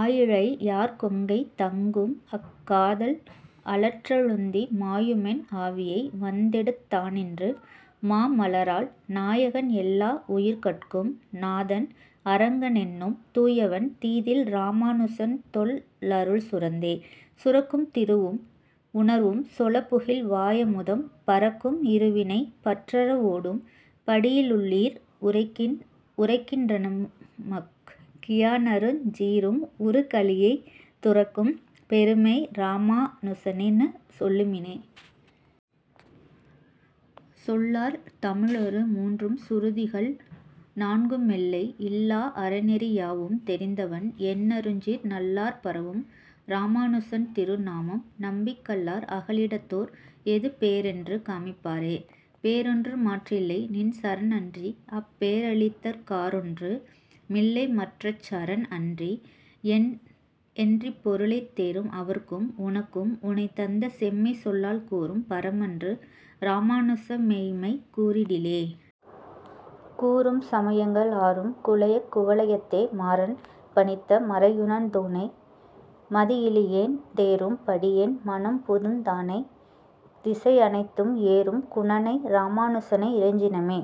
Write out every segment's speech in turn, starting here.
ஆயிழை யார்கொங்கை தங்கும்அக் காதல் அளற்றழுந்தி மாயுமென் ஆவியை வந்தெடுத் தானின்று மாமலராள் நாயகன் எல்லா வுயிர்கட்கும் நாதன் அரங்கனென்னும் தூயவன் தீதில் இராமா னுசன்தொல் லருள்சுரந்தே. சுரக்கும் திருவும் உணர்வும் சொலப்புகில் வாயமுதம் பரக்கும் இருவினை பற்றற வோடும் படியிலுள்ளீர் உரைக்கின் றனனுமக் கியானறஞ் சீறும் உறுகலியைத் துரக்கும் பெருமை இராமா னுசனென்று சொல்லுமினே. சொல்லார் தமிழொரு மூன்றும் சுருதிகள் நான்குமெல்லை இல்லா அறநெறி யாவும் தெரிந்தவன் எண்ணருஞ்சீர் நல்லார் பரவும் இராமா னுசன்திரு நாமம் நம்பிக் கல்லார் அகலிடத் தோர், எது பேறென்று காமிப்பரே. பேறொன்று மற்றில்லை நின்சரண் அன்றி, அப் பேறளித்தற் காறொன்று மில்லைமற் றச்சரண் அன்றி, என் றிப்பொருளைத் தேறும் அவர்க்கும் எனக்கும் உனைத்தந்த செம்மைசொல்லால் கூறும் பரமன்று இராமா னுசமெய்ம்மை கூறிடிலே. கூறும் சமயங்கள் ஆறும் குலையக் குவலயத்தே மாறன் பணித்த மரையுணர்ந் தோனை மதியிலியேன் தேறும் படியென் மனம்புதுந் தானைத் திசையனைத்தும் ஏறும் குணனை இராமா னுசனை இறைஞ்சினமே.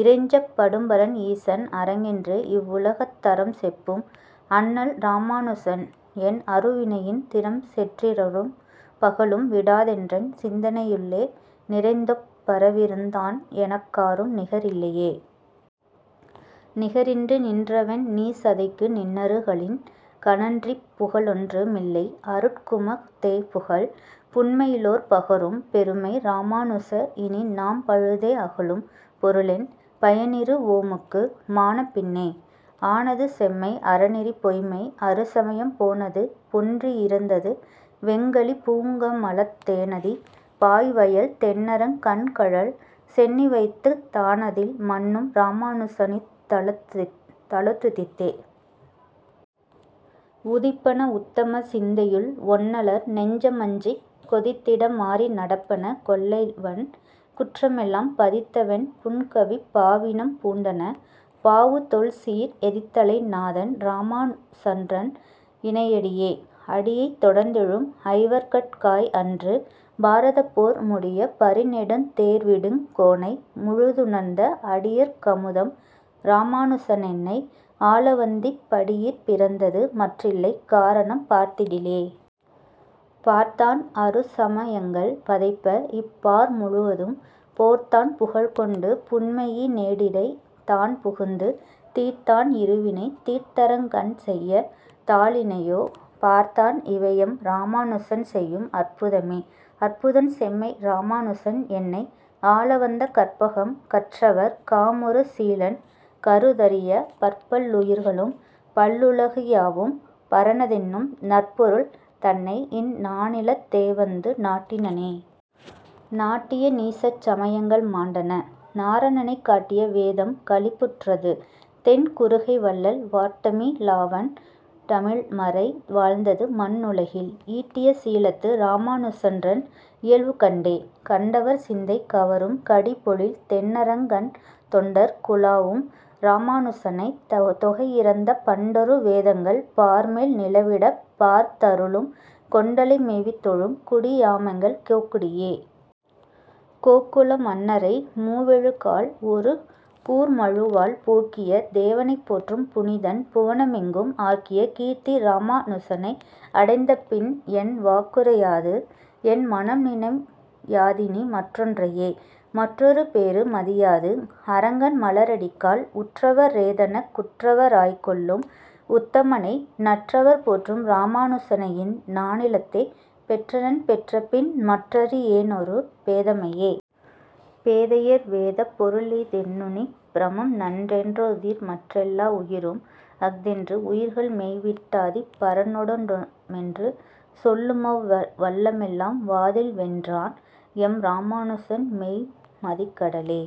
இறைஞ்சப் படும்பரன் ஈசன் அரங்கனென்று இவ்வுலகத் தறம்செப்பும் அண்ணல் இராமா னுசன், என் அருவினையின் திறம்செற் றிரவும் பகலும் விடாதென்றன் சிந்தையுள்ளே நிறைந்தொப் பறவிருந் தான், எனக் காரும் நிகரில்லையே. நிகரின்றி நின்றவென் நீசதைக்கு நின்னரு ளின்கணன்றிப் புகலொன்று மில்லை அருட்குமஃ தேபுகல் புன்மையிலோர் பகரும் பெருமை இராமா னுச இனி நாம்பழுதே அகலும் பொருளென், பயனிரு வோமுக்கு மானபின்னே? ஆனது செம்மை அறநெறி பொய்ம்மை அறுசமயம் போனது பொன்றி யிறந்தது வெங்கலி பூங்கமலத் தேனதி பாய்வயல் தென்னரங் கன்கழல் சென்னிவைத்துத் தானதில் மன்னும் இராமா னுசனித் தலத்துதித்தே. உதிப்பன வுத்தமர் சிந்தையுள் ஒன்னலர் நெஞ்சமஞ்சிக் கொதித்திட மாறி நடப்பன கொள்ளைவன் குற்றமெல்லாம் பதித்தவென் புன்கவிப் பாவினம் பூண்டன பாவுதொல்சீர் எதித்தலை நாதன் இராமா னுசன்றன் இணையடியே. அடியைத் தொடர்ந்தெழும் ஐவர்கட் காய்அன்று பாரதப்போர் முடியப் பரிநெடுந் தேர்விடுங் கோனை முழுதுணர்ந்த அடியர்க் கமுதம் இராமா னுசனென்னை ஆளவந்திப் படியிற் பிறந்தது மற்றில்லை காரணம் பார்த்திடிலே. பார்த்தான் அறுசம யங்கள் பதைப்ப, இப் பார்முழுதும் போர்த்தான் புகழ்கொண்டு புன்மையி னேனிடைத் தான்புகுந்து தீர்த்தான் இருவினை தீர்த்தரங் கன்செய்ய தாளிணையோ டார்த்தான் இவையெம் இராமா னுசன்செய்யும் அற்புதமே. அற்புதன் செம்மை இராமா னுசன், என்னை ஆளவந்த கற்பகம் கற்றவர் காமுறு சீலன் கருதரிய பற்பல் லுயிர்களும் பல்லுல கியாவும் பரனதென்னும் நற்பொருள் தன்னை, இந் நானிலத் தேவந்து நாட்டினனே. நாட்டிய நீசச் சமயங்கள் மாண்டன, நாரணனைக் காட்டிய வேதம் களிப்புற் றது, தென் குருகைவள்ளல் வாட்டமி லாவண் டமிழ்மறை வாழ்ந்தது மண்ணுலகில் ஈட்டிய சீலத்து இராமா னுசன்றன் இயல்வுகண்டே. கண்டவர் சிந்தை கவரும் கடிபொழில் தென்னரங்கன் தொண்டர் குலாவும் இராமா னுசனைத், தொகையிறந்த பண்டரு வேதங்கள் பார்மேல் நிலவிடப் பார்த்தருளும் கொண்டலை மேவித் தொழும், குடி யாமெங்கள் கோக்குடியே. கோக்குல மன்னரை மூவெழு கால், ஒரு கூர்மழுவால் போக்கிய தேவனைப் போற்றும் புனிதன் புவனமெங்கும் ஆக்கிய கீர்த்தி இராமா னுசனை அடைந்தபின்என் வாக்குரை யாது, என் மனம்நினை யாதினி மற்றொன்றையே. மற்றொரு பேறு மதியாது, அரங்கன் மலரடிக்காள் உற்றவ ரேதனக் குற்றவ ராய்க்கொள்ளும் உத்தமனை நற்றவர் போற்றும் இராமா னுசனையிந் நானிலத்தே பெற்றனன் பெற்றபின் மற்றறி யேனொரு பேதைமையே. பேதையர் வேதப் பொருளிதென் னுன்னிப் பிரமம்நன்றென் றோதிமற் றெல்லா உயிரும் அஃதென்று உயிர்கள்மெய்விட் டாதிப் பரனொடொன் றாமென்று சொல்லுமவ் வல்லலெல்லாம் வாதில்வென் றான், எம் இராமா னுசன்மெய்ம் மதிக்கடலே.